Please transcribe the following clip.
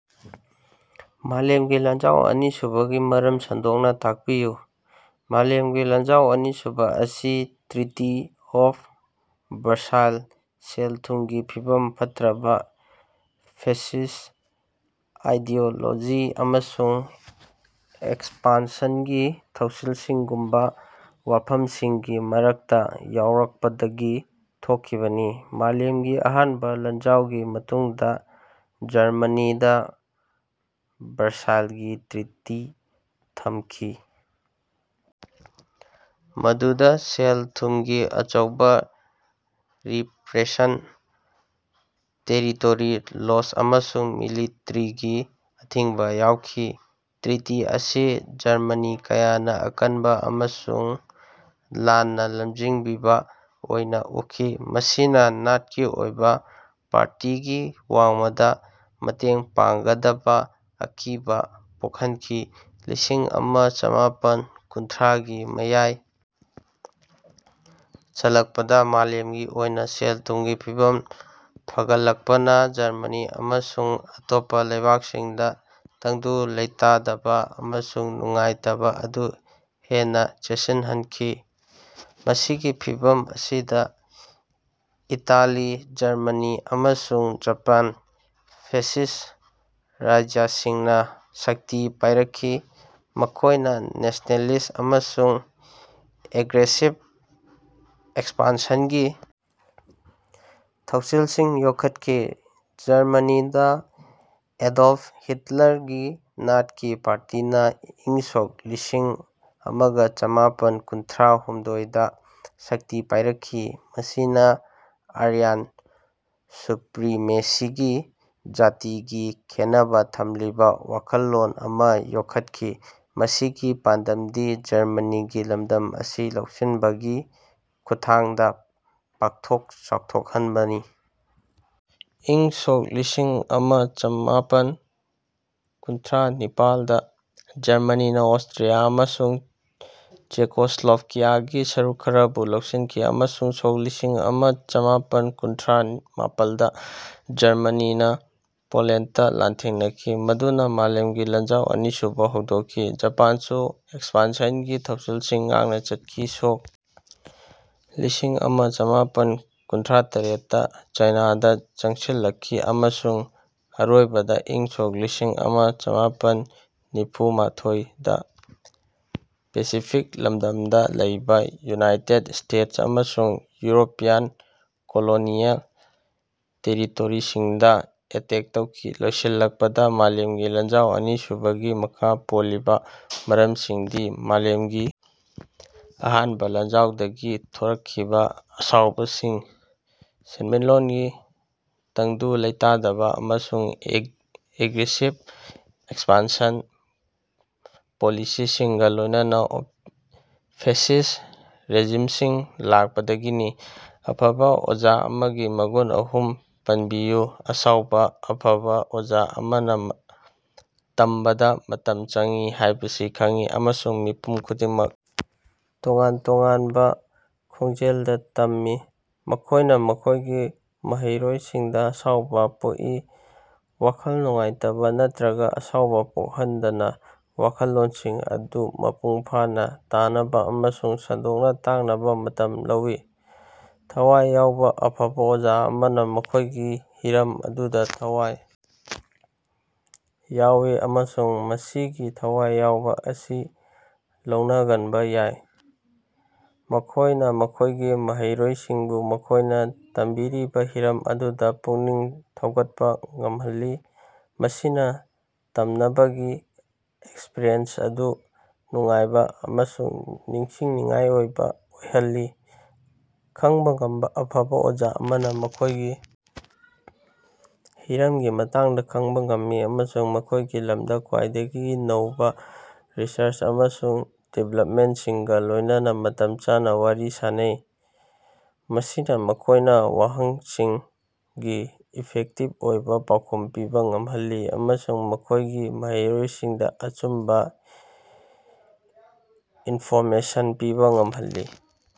ꯃꯥꯂꯦꯝꯒꯤ ꯂꯥꯟꯖꯥꯎ ꯑꯅꯤꯁꯨꯕꯒꯤ ꯃꯔꯝ ꯁꯟꯗꯣꯛꯅꯥ ꯇꯥꯛꯄꯤꯌꯨ꯫ ꯃꯥꯂꯦꯝꯒꯤ ꯂꯥꯟꯖꯥꯎ ꯑꯅꯤꯁꯨꯕꯥ ꯑꯁꯤ ꯇ꯭ꯔꯤꯇꯤ ꯑꯣꯐ ꯕꯔꯁꯥꯏꯜ, ꯁꯦꯜ-ꯊꯨꯝꯒꯤ ꯐꯤꯕꯝ ꯐꯠꯇ꯭ꯔꯕ, ꯐꯦꯁꯤꯁ ꯑꯥꯏꯗꯤꯑꯣꯂꯣꯖꯤ ꯑꯃꯁꯨꯡ ꯑꯦꯛꯁꯄꯥꯟꯁꯟꯒꯤ ꯊꯧꯁꯤꯜꯁꯤꯡꯒꯨꯝꯕꯥ ꯋꯥꯐꯝꯁꯤꯡꯒꯤ ꯃꯔꯛꯇꯥ ꯌꯥꯎꯔꯛꯄꯗꯒꯤ ꯊꯣꯛꯈꯤꯕꯅꯤ꯫ ꯃꯥꯂꯦꯝꯒꯤ ꯑꯍꯥꯟꯕ ꯂꯥꯟꯖꯥꯎꯒꯤ ꯃꯇꯨꯡꯗꯥ ꯖꯔꯃꯅꯤꯗꯥ ꯕꯔꯁꯥꯏꯜꯒꯤ ꯇ꯭ꯔꯤꯇꯤ ꯊꯝꯈꯤ, ꯃꯗꯨꯗꯥ ꯁꯦꯜ-ꯊꯨꯝꯒꯤ ꯑꯆꯧꯕ ꯔꯤꯄ꯭ꯔꯦꯁꯟ, ꯇꯦꯔꯤꯇꯣꯔꯤ ꯂꯣꯁ ꯑꯃꯁꯨꯡ ꯃꯤꯂꯤꯇꯔꯤꯒꯤ ꯑꯊꯤꯡꯕ ꯌꯥꯎꯈꯤ꯫ ꯇ꯭ꯔꯤꯇꯤ ꯑꯁꯤ ꯖꯔꯃꯅꯤ ꯀꯌꯥꯅꯥ ꯑꯀꯟꯕꯥ ꯑꯃꯁꯨꯡ ꯂꯥꯟꯅꯥ ꯂꯝꯖꯤꯡꯕꯤꯕꯥ ꯑꯣꯏꯅꯥ ꯎꯈꯤ, ꯃꯁꯤꯅꯥ ꯅꯥꯠꯀꯤ ꯑꯣꯏꯕꯥ ꯄꯥꯔꯇꯤꯒꯤ ꯋꯥꯡꯃꯗꯥ ꯃꯇꯦꯡ ꯄꯥꯡꯒꯗꯕꯥ ꯑꯀꯤꯕꯥ ꯄꯣꯛꯍꯟꯈꯤ꯫ꯂꯤꯁꯤꯡ ꯑꯃꯥ ꯆꯥꯃꯥꯄꯟ ꯀꯨꯟꯊ꯭ꯔꯥꯒꯤ ꯃꯌꯥꯏ ꯆꯜꯂꯛꯄꯗꯥ ꯃꯥꯂꯦꯝꯒꯤ ꯑꯣꯏꯅꯥ ꯁꯦꯜ-ꯊꯨꯝꯒꯤ ꯐꯤꯚꯝ ꯐꯒꯠꯂꯛꯄꯅꯥ ꯖꯔꯃꯅꯤ ꯑꯃꯁꯨꯡ ꯑꯇꯣꯞꯄꯥ ꯂꯩꯕꯥꯛꯁꯤꯡꯗꯥ ꯇꯪꯗꯨ ꯂꯩꯇꯥꯗꯕꯥ ꯑꯃꯁꯨꯡ ꯅꯨꯡꯉꯥꯏꯇꯕꯥ ꯑꯗꯨ ꯍꯦꯟꯅꯥ ꯆꯦꯠꯁꯤꯜꯍꯟꯈꯤ꯫ ꯃꯁꯤꯒꯤ ꯐꯤꯚꯝ ꯑꯁꯤꯗꯥ ꯏꯇꯥꯂꯤ, ꯖꯔꯃꯅꯤ ꯑꯃꯁꯨꯡ ꯖꯄꯥꯟ ꯐꯦꯁꯤꯁ ꯔꯥꯖ꯭ꯌꯁꯤꯡꯅꯥ ꯁꯛꯇꯤ ꯄꯥꯏꯔꯛꯈꯤ, ꯃꯈꯣꯏꯅ ꯅꯦꯁꯅꯦꯂꯤꯁ ꯑꯃꯁꯨꯡ ꯑꯦꯒ꯭ꯔꯦꯁꯤꯞ ꯑꯦꯛꯁꯄꯥꯟꯁꯟꯒꯤ ꯊꯧꯁꯤꯜꯁꯤꯡ ꯌꯣꯛꯈꯠꯈꯤ꯫ ꯖꯔꯃꯅꯤꯗꯥ ꯑꯦꯗꯣꯜꯐ ꯍꯤꯠꯂꯔꯒꯤ ꯅꯥꯠꯀꯤ ꯄꯥꯔꯇꯤꯅꯥ ꯏꯪ ꯁꯣꯛ ꯂꯤꯁꯤꯡ ꯑꯃꯒꯥ ꯆꯃꯥꯄꯟ ꯀꯨꯟꯊ꯭ꯔꯥꯍꯨꯝꯗꯣꯏꯗꯥ ꯁꯛꯇꯤ ꯄꯥꯏꯔꯛꯈꯤ, ꯃꯁꯤꯅꯥ ꯑꯥꯔꯌꯟ ꯁꯨꯄ꯭ꯔꯤꯃꯦꯁꯤꯒꯤ ꯖꯥꯇꯤꯒꯤ ꯈꯦꯟꯅꯕꯥ ꯊꯝꯂꯤꯕꯥ ꯋꯥꯈꯜꯂꯣꯟ ꯑꯃꯥ ꯌꯣꯛꯈꯠꯈꯤ, ꯃꯁꯤꯒꯤ ꯄꯥꯟꯗꯝꯗꯤ ꯖꯔꯃꯅꯤꯒꯤ ꯂꯝꯗꯝ ꯑꯁꯤ ꯂꯧꯁꯤꯟꯕꯒꯤ ꯈꯨꯠꯊꯥꯡꯗꯥ ꯄꯥꯛꯊꯣꯛ ꯆꯥꯎꯊꯣꯛꯍꯟꯕꯅꯤ꯫ ꯏꯪ ꯁꯣꯛ ꯂꯤꯁꯤꯡ ꯑꯃꯥ ꯆꯃꯥꯄꯟ ꯀꯨꯟꯊ꯭ꯔꯥꯅꯤꯄꯥꯜꯗꯥ ꯖꯔꯃꯅꯤꯅꯥ ꯑꯣꯁꯇ꯭ꯔꯤꯌꯥ ꯑꯃꯁꯨꯡ ꯆꯦꯀꯣꯁ꯭ꯂꯣꯚꯥꯀꯤꯌꯥꯒꯤ ꯁꯔꯨꯛ ꯈꯔꯕꯨ ꯂꯧꯁꯤꯟꯈꯤ ꯑꯃꯁꯨꯡ ꯁꯣꯛ ꯂꯤꯁꯤꯡ ꯑꯃꯥ ꯆꯃꯥꯄꯟ ꯀꯨꯟꯊ꯭ꯔꯥꯃꯄꯜꯗꯥ ꯖꯔꯃꯅꯤꯅꯥ ꯄꯣꯂꯦꯟꯗꯇꯥ ꯂꯥꯟꯊꯦꯡꯅꯈꯤ, ꯃꯗꯨꯅꯥ ꯃꯥꯂꯦꯝꯒꯤ ꯂꯥꯟꯖꯥꯎ ꯑꯅꯤꯁꯨꯕꯥ ꯍꯧꯗꯣꯛꯈꯤ꯫ ꯖꯄꯥꯟꯁꯨ ꯑꯦꯛꯁꯄꯥꯟꯁꯟꯒꯤ ꯊꯧꯁꯤꯜꯁꯤꯡ ꯉꯥꯛꯅꯥ ꯆꯠꯈꯤ, ꯁꯣꯛ ꯂꯤꯁꯤꯡ ꯑꯃꯥ ꯆꯃꯥꯄꯟ ꯀꯨꯟꯊ꯭ꯔꯥꯇꯔꯦꯠꯇꯥ ꯆꯥꯏꯅꯥꯗꯥ ꯆꯪꯁꯤꯜꯂꯛꯈꯤ ꯑꯃꯁꯨꯡ ꯑꯔꯣꯏꯕꯗꯥ ꯏꯪ ꯁꯣꯛ ꯂꯤꯁꯤꯡ ꯑꯃꯥ ꯆꯃꯥꯄꯟ ꯅꯤꯐꯨꯃꯊꯣꯏꯗꯥ ꯄꯦꯁꯤꯐꯤꯛ ꯂꯝꯗꯝꯗꯥ ꯂꯩꯕꯥ ꯌꯨꯅꯥꯏꯇꯦꯠ ꯁ꯭ꯇꯦꯠꯁ ꯑꯃꯁꯨꯡ ꯌꯨꯔꯣꯄꯤꯌꯟ ꯀꯣꯂꯣꯅꯤꯑꯦꯜ ꯇꯦꯔꯤꯇꯣꯔꯤꯁꯤꯡꯗꯥ ꯑꯦꯇꯦꯛ ꯇꯧꯈꯤ, ꯂꯣꯏꯁꯤꯜꯂꯛꯄꯗꯥ, ꯃꯥꯂꯦꯝꯒꯤ ꯂꯥꯟꯖꯥꯎ ꯑꯅꯤꯁꯨꯕꯒꯤ ꯃꯈꯥ ꯄꯣꯜꯂꯤꯕꯥ ꯃꯔꯝꯁꯤꯡꯗꯤ ꯃꯥꯂꯦꯝꯒꯤ ꯑꯍꯥꯟꯕ ꯂꯥꯟꯖꯥꯎꯗꯒꯤ ꯊꯣꯔꯛꯈꯤꯕ ꯑꯁꯥꯎꯕꯁꯤꯡ, ꯁꯦꯟꯃꯤꯠꯂꯣꯟꯒꯤ ꯇꯪꯗꯨ ꯂꯩꯇꯥꯗꯕ ꯑꯃꯁꯨꯡ ꯑꯦ ꯑꯦꯒ꯭ꯔꯦꯁꯤꯞ ꯑꯦꯛꯁꯄꯥꯟꯁꯟ ꯄꯣꯂꯤꯁꯤꯁꯤꯡꯒꯥ ꯂꯣꯏꯅꯅꯥ ꯐꯦꯁꯤꯁ ꯔꯦꯖꯤꯝꯁꯤꯡ ꯂꯥꯛꯄꯥꯗꯒꯤꯅꯤ꯫ ꯑꯐꯕꯥ ꯑꯣꯖꯥ ꯑꯃꯒꯤ ꯃꯒꯨꯟ ꯑꯍꯨꯝ ꯄꯟꯕꯤꯌꯨ꯫ ꯑꯁꯥꯎꯕꯥ: ꯑꯐꯕꯥ ꯑꯣꯖꯥ ꯑꯃꯅꯥ ꯇꯝꯕꯗꯥ ꯃꯇꯝ ꯆꯪꯏ ꯍꯥꯏꯕꯁꯤ ꯈꯪꯏ ꯑꯃꯁꯨꯡ ꯃꯤꯄꯨꯝ ꯈꯨꯗꯤꯡꯃꯛ ꯇꯣꯉꯥꯟ ꯇꯣꯉꯥꯟꯕ ꯈꯣꯡꯖꯦꯜꯗꯥ ꯇꯝꯃꯤ꯫ ꯃꯈꯣꯏꯅꯥ ꯃꯈꯣꯏꯒꯤ ꯃꯍꯩꯔꯣꯏꯁꯤꯡꯗꯥ ꯑꯁꯥꯎꯕ ꯄꯣꯛꯏ, ꯋꯥꯈꯜ ꯅꯨꯡꯉꯥꯏꯇꯕꯥ ꯅꯠꯇ꯭ꯔꯒꯥ ꯑꯁꯥꯎꯕ ꯄꯣꯛꯍꯟꯗꯅꯥ ꯋꯥꯈꯜꯂꯣꯟꯁꯤꯡ ꯑꯗꯨ ꯃꯄꯨꯡ ꯐꯥꯅꯥ ꯇꯥꯅꯕꯥ ꯑꯃꯁꯨꯡ ꯁꯟꯗꯣꯛꯅꯥ ꯇꯥꯛꯅꯕꯥ ꯃꯇꯝ ꯂꯧꯏ꯫ ꯊꯋꯥꯏ ꯌꯥꯎꯕꯥ: ꯑꯐꯕꯥ ꯑꯣꯖꯥ ꯑꯃꯅꯥ ꯃꯈꯣꯏꯒꯤ ꯍꯤꯔꯝ ꯑꯗꯨꯗꯥ ꯊꯋꯥꯏ ꯌꯥꯎꯏ ꯑꯃꯁꯨꯡ ꯃꯁꯤꯒꯤ ꯊꯋꯥꯏ ꯌꯥꯎꯕꯥ ꯑꯁꯤ ꯂꯧꯅꯒꯟꯕꯥ ꯌꯥꯏ꯫ ꯃꯈꯣꯏꯅꯥ ꯃꯈꯣꯏꯒꯤ ꯃꯍꯩꯔꯣꯏꯁꯤꯡꯕꯨ ꯃꯈꯣꯏꯅꯥ ꯇꯝꯕꯤꯔꯤꯕꯥ ꯍꯤꯔꯝ ꯑꯗꯨꯗꯥ ꯄꯨꯛꯅꯤꯡ ꯊꯧꯒꯠꯄꯥ ꯉꯝꯍꯜꯂꯤ, ꯃꯁꯤꯅꯥ ꯇꯝꯅꯕꯒꯤ ꯑꯦꯛꯁꯄ꯭ꯔꯤꯌꯦꯟꯁ ꯑꯗꯨ ꯅꯨꯡꯉꯥꯏꯕ ꯑꯃꯁꯨꯡ ꯅꯤꯡꯁꯤꯡꯅꯤꯡꯉꯥꯏ ꯑꯣꯏꯕ ꯑꯣꯏꯍꯜꯂꯤ꯫ ꯈꯪꯕꯥ ꯉꯝꯕꯥ: ꯑꯐꯕꯥ ꯑꯣꯖꯥ ꯑꯃꯅꯥ ꯃꯈꯣꯏꯒꯤ ꯍꯤꯔꯝꯒꯤ ꯃꯇꯥꯡꯗꯥ ꯈꯪꯕꯥ ꯉꯝꯃꯤ ꯑꯃꯁꯨꯡ ꯃꯈꯣꯏꯒꯤ ꯂꯝꯗꯥ ꯈ꯭ꯋꯥꯏꯗꯒꯤ ꯅꯧꯕꯥ ꯔꯤꯁꯔꯆ ꯑꯃꯁꯨꯡ ꯗꯤꯕ꯭ꯂꯞꯃꯦꯟꯇꯁꯤꯡꯒꯥ ꯂꯣꯏꯅꯅꯥ ꯃꯇꯝ ꯆꯥꯅꯥ ꯋꯥꯔꯤ ꯁꯥꯅꯩ꯫ ꯃꯁꯤꯅꯥ ꯃꯈꯣꯏꯅꯥ ꯋꯥꯍꯪꯁꯤꯡꯒꯤ ꯏꯐꯦꯛꯇꯤꯚ ꯑꯣꯏꯅꯥ ꯄꯥꯎꯈꯨꯝ ꯄꯤꯕꯥ ꯉꯝꯍꯜꯂꯤ ꯑꯃꯁꯨꯡ ꯃꯈꯣꯏꯒꯤ ꯃꯍꯩꯔꯣꯏꯁꯤꯡꯗꯥ ꯑꯆꯨꯝꯕꯥ ꯏꯟꯐꯣꯔꯃꯦꯁꯟ ꯄꯤꯕꯥ ꯉꯝꯍꯜꯂꯤ꯫